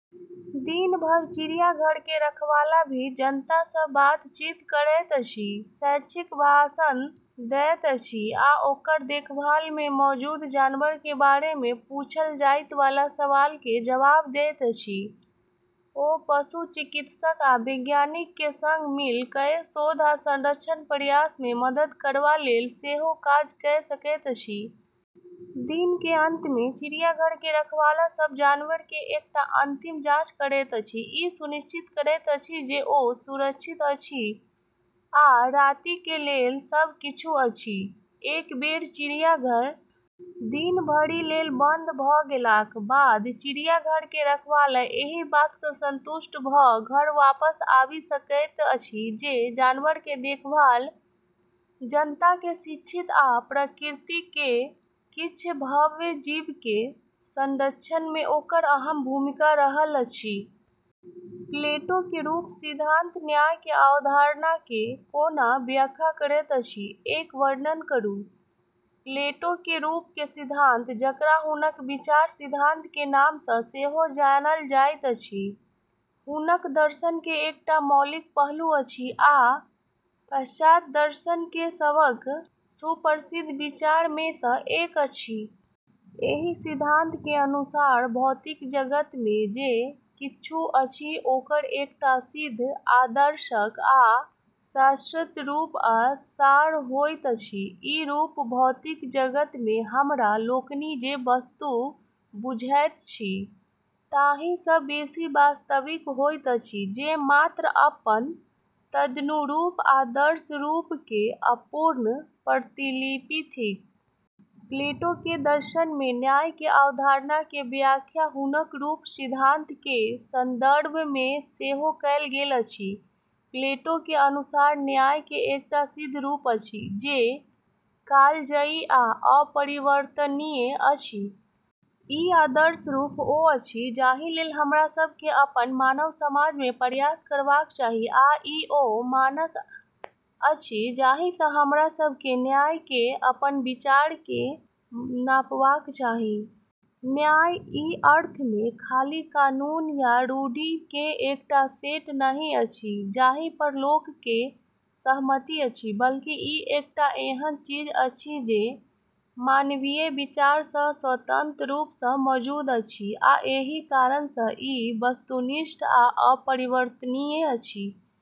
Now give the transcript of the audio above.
दिन भर चिड़ियाघर के रखवाला भी जनता सँ बातचीत करैत अछि, शैक्षिक भाषण दैत अछि आ ओकर देखभाल मे मौजूद जानवर के बारे मे पूछल जाइत वाला सवाल के जवाब दैत अछि। ओ पशु चिकित्सक आ वैज्ञानिक के संग मिल कए शोध आ संरक्षण प्रयास मे मदद करबा लेल सेहो काज कए सकैत अछि। दिन के अंत मे चिड़ियाघर के रखवाला सब जानवर के एकटा अंतिम जाँच करैत अछि, ई सुनिश्चित करैत अछि जे ओ सुरक्षित अछि आ राति के लेल सब किछु अछि। एक बेर चिड़ियाघर दिन भरि लेल बंद भ गेलाक बाद चिड़ियाघर के रखवाला एहि बात सँ संतुष्ट भ घर वापस आबि सकैत अछि जे जानवर के देखभाल, जनता के शिक्षित आ प्रकृति के किछ भव्य जीव के संरक्षण मे ओकर अहम भूमिका रहल अछि। प्लेटो के रूप सिद्धांत न्याय के अवधारणा के कोना व्याख्या करैत अछि, एकर वर्णन करू। प्लेटो के रूप के सिद्धांत, जकरा हुनक विचार सिद्धांत के नाम सँ सेहो जानल जाइत अछि, हुनक दर्शन के एकटा मौलिक पहलू अछि आ पाश्चात्य दर्शन के सबसँ सुप्रसिद्ध विचार मे सँ एक अछि। एहि सिद्धांत के अनुसार भौतिक जगत मे जे किछु अछि ओकर एकटा सिद्ध, आदर्श आ शाश्वत रूप वा सार होइत अछि। ई रूप भौतिक जगत मे हमरा लोकनि जे वस्तु बूझैत छी ताहि सँ बेसी वास्तविक होइत अछि, जे मात्र अपन तदनुरूप आदर्श रूप के अपूर्ण प्रतिलिपि थिक। प्लेटो के दर्शन मे न्याय के अवधारणा के व्याख्या हुनक रूप सिद्धांत के संदर्भ मे सेहो कएल गेल अछि। प्लेटो के अनुसार न्याय के एकटा सिद्ध रूप अछि, जे कालजयी आ अपरिवर्तनीय अछि। ई आदर्श रूप ओ अछि जाहि लेल हमरा सभ के अपन मानव समाज मे प्रयास करबाक चाही, आ ई ओ मानक अछि जाहि सँ हमरा सभ के न्याय के अपन विचार के नापबाक चाही। न्याय, ई अर्थ मे, खाली कानून या रूढ़ि के एकटा सेट नहि अछि जाहि पर लोक के सहमति अछि, बल्कि ई एकटा एहन चीज अछि जे मानवीय विचार सँ स्वतंत्र रूप सँ मौजूद अछि, आ एही कारण सँ ई वस्तुनिष्ठ आ अपरिवर्तनीय अछि।